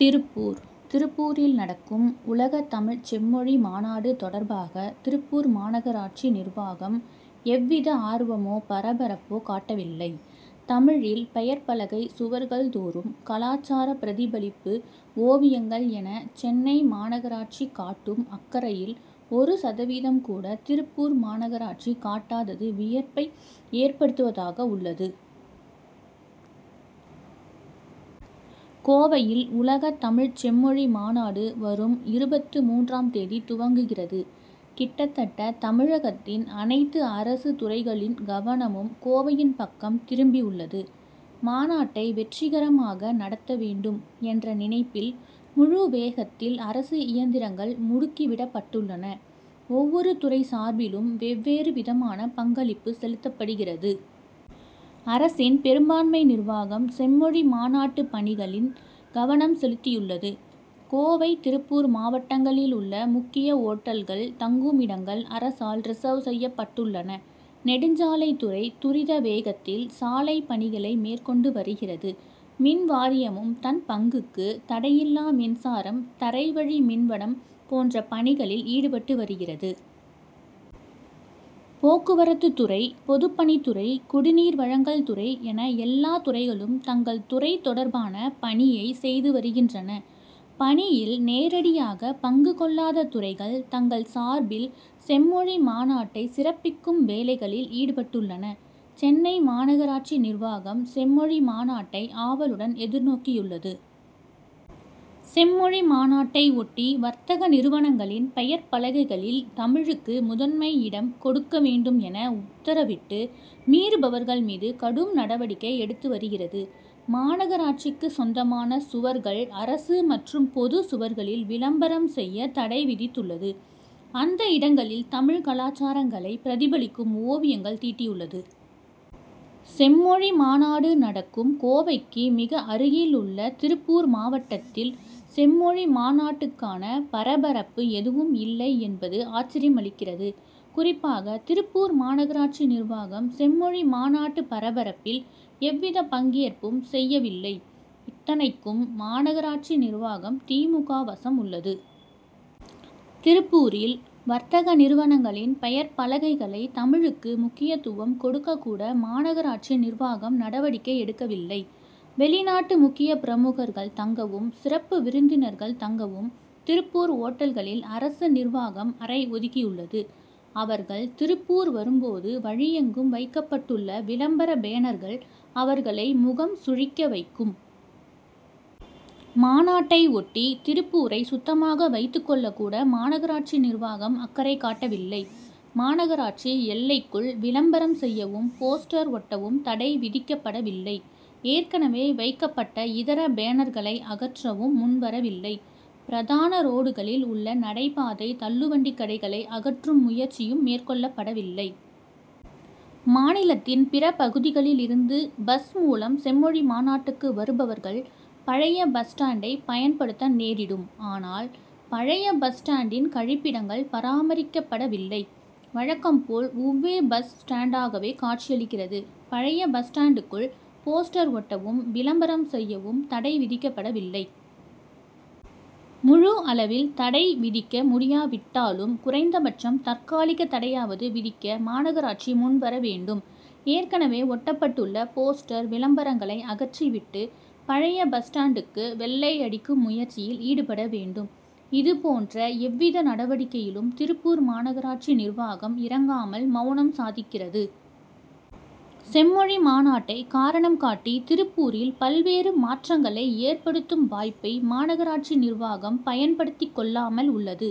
திருப்பூர் திருப்பூரில் நடக்கும் உலகத் தமிழ்ச் செம்மொழி மாநாடு தொடர்பாக திருப்பூர் மாநகராட்சி நிர்வாகம் எவ்வித ஆர்வ மோ பரபரப்போ காட்டவில்லை. தமிழில் பெயர்ப்பலகை சுவர்கள் தோறும் கலாச்சார பிரதிபலிப்பு ஓவியங்கள் என சென்னை மாநகராட்சி காட்டும் அக்கறையில் ஒரு சதவீதம் கூட திருப்பூர் மாநகராட்சி காட்டாதது வியப்பை ஏற்படுத்துவதாக உள்ளது. கோவையில் உலகத் தமிழ்ச் செம்மொழி மாநாடு வரும் இருபத்து மூன்றாம் தேதி துவங்குகிறது. கிட்டத்தட்ட தமிழகத்தின் அனைத்து அரசுத்துறைகளின் கவனமும் கோவையின் பக்கம் திரும்பி உள்ளது. மாநாட்டை வெற்றிகரமாக நடத்த வேண்டும் என்ற நினைப்பில் முழு வேகத்தில் அரசு இயந்திரங்கள் முடுக்கி விடப்பட்டுள்ளன. ஒவ்வொரு துறை சார்பிலும் வெவ்வேறு விதமாக பங்களிப்பு செலுத்தப்படுகிறது. அரசின் பெரும்பான்மை நிர்வாகம் செம்மொழி மாநாட்டு பணிகளில் கவனம் செலுத்தியுள்ளது. கோவை திருப்பூர் மாவட்டங்களில் உள்ள முக்கிய ஓட்டல்களில் தங்குமிடங்கள் அரசால் ரிசர்வ் செய்யப்பட்டுள்ளன. நெடுஞ்சாலைத்துறை துரித வேகத்தில் சாலைப்பணிகளை மேற்கொண்டு வருகிறது. மின்வாரியமும் தன் பங்குக்கு தடையில்லா மின்சாரம் தரைவழி மின்வடம் போன்ற பணிகளில் ஈடுபட்டு வருகிறது. போக்குவரத்துத்துறை பொதுப்பணித்துறை குடிநீர் வழங்கல் துறை என எல்லாத்துறைகளும் தங்கள் துறை தொடர்பான பணியை செய்து வருகின்றன. பணியில் நேரடியாக பங்கு கொள்ளாத துறைகள் தங்கள் சார்பில் செம்மொழி மாநாட்டை சிறப்பிக்கும் வேலைகளில் ஈடுபட்டுள்ளன. சென்னை மாநகராட்சி நிர்வாகம் செம் மொழி மாநாட்டை ஆவலுடன் எதிர்நோக்கியுள்ளது. செம்மொழி மாநாட்டை ஒட்டி வர்த்தக நிறுவனங்களின் பெயர்ப்பலகைகளில் தமிழுக்கு முதன்மை இடம் கொடுக்க வேண்டும் என உத்தரவிட்டு மீறுபவர்கள் மீது கடும் நடவடிக்கை எடுத்து வருகிறது. மாநகராட்சிக்கு சொந்தமான சுவர்கள் அரசு மற்றும் பொது சுவர்களில் விளம்பரம் செய்ய தடை விதித்துள்ளது. அந்த இடங்களில் தமிழ் கலாச்சாரங்களை பிரதிபலிக்கும் ஓவியங்களை தீட்டியுள்ளது. செம்மொழி மாநாடு நடக்கும் கோவைக்கு மிக அருகில் உள்ள திருப்பூர் மாவட்டத்தில் செம்மொழி மாநாட்டுக்கான பரபரப்பு எதுவும் இல்லை என்பது ஆச்சரியமளிக்கிறது. குறிப்பாக திருப்பூர் மாநகராட்சி நிர்வாகம் செம்மொழி மாநாட்டு பரபரப்பில் எவ்வித பங்கேற்பும் செய்யவில்லை. இத்தனைக்கும் மாநகராட்சி நிர்வாகம் தி. மு. க. வசம் உள்ளது. திருப்பூரில் வர்த்தக நிறுவனங்களின் பெயர்ப்பலகைகளை தமிழுக்கு முக்கியத்துவம் கொடுக்கக்கூட மாநகராட்சி நிர்வாகம் நடவடிக்கை எடுக்கவில்லை. வெளிநாட்டு முக்கியப்பிரமுகர்கள் தங்கவும் சிறப்பு விருந்தினர்கள் தங்கவும் திருப்பூர் ஓட்டல்களில் அரசு நிர்வாகம் அறை ஒதுக்கியுள்ளது. அவர்கள் திருப்பூர் வரும்போது வழியெங்கும் வைக்கப்பட்டுள்ள விளம்பர பேனர்கள் அவர்களை முகம் சுழிக்க வைக் கும். மாநாட்டை ஒட்டி திருப்பூரை சுத்தமாக வைத்துக் கொள்ளக்கூட மாநகராட்சி நிர்வாகம் அக்கறை காட்டவில்லை. மாநகராட்சி எல்லைக்குள் விளம்பரம் செய்யவும் போஸ்டர் ஒட்டவும் தடை விதிக்கப்பட வில்லை. ஏற்கனவே வைக்கப்பட்ட இதர பேனர்களை அகற்றவும் முன்வரவில்லை. பிரதான ரோடுகளில் உள்ள நடைபாதை தள்ளுவண்டி கடைகளை அகற்றும் முயற்சியும் மேற்கொள்ளப்பட வில்லை. மாநிலத்தின் பிற பகுதிகளில் இருந்து பஸ் மூலம் செம்மொழி மாநாட்டுக்கு வருபவர்கள் பழைய பஸ் ஸ்டாண்டை பயன்படுத்த நேரிடும். ஆனால் பழைய பஸ் ஸ்டாண்டின் கழிப்பிடங்கள் பராமரிக்கப்பட வில்லை. வழக்கம்போல் உவ்வே பஸ் ஸ்டாண்டாகவே காட்சியளிக்கிறது. பழைய பஸ் ஸ்டாண்டுக்குள் போஸ்டர் ஒட்டவும் விளம்பரம் செய்யவும் தடை விதிக்கப்பட வில்லை. முழு அளவில் தடை விதிக்க முடியாவிட்டாலும் குறைந்தபட்சம் தற்காலிக தடையாவது விதிக்க மாநகராட்சி முன்வர வேண்டும். ஏற்கனவே ஒட்டப்பட்டுள்ள போஸ்டர் விளம்பரங்களை அகற்றி விட்டு பழைய பஸ் ஸ்டாண்டுக்கு வெள்ளை அடிக்கும் முயற்சியில் ஈடுபட வேண்டும். இதுபோன்ற எவ்வித நடவடிக்கையிலும் திருப்பூர் மாநகராட்சி நிர்வாகம் இறங்காமல் மவுனம் சாதிக்கிறது. செம்மொழி மாநாட்டை காரணம் காட்டி திருப்பூரிலும் பல்வேறு மாற்றங்களை ஏற்படுத்தும் வாய்ப்பை மாநகராட்சி நிர்வாகம் பயன்படுத்திக் கொள்ளாமல் உள்ளது.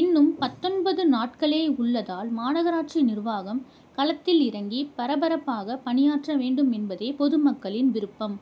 இன்னும் பத்தொன்பது நாட்களே உள்ளதால் மாநகராட்சி நிர்வாகம் களத்தில் இறங்கி பரபரப்பாக பணியாற்ற வேண்டுமென்பதே பொதுமக்களின் விருப்பம்.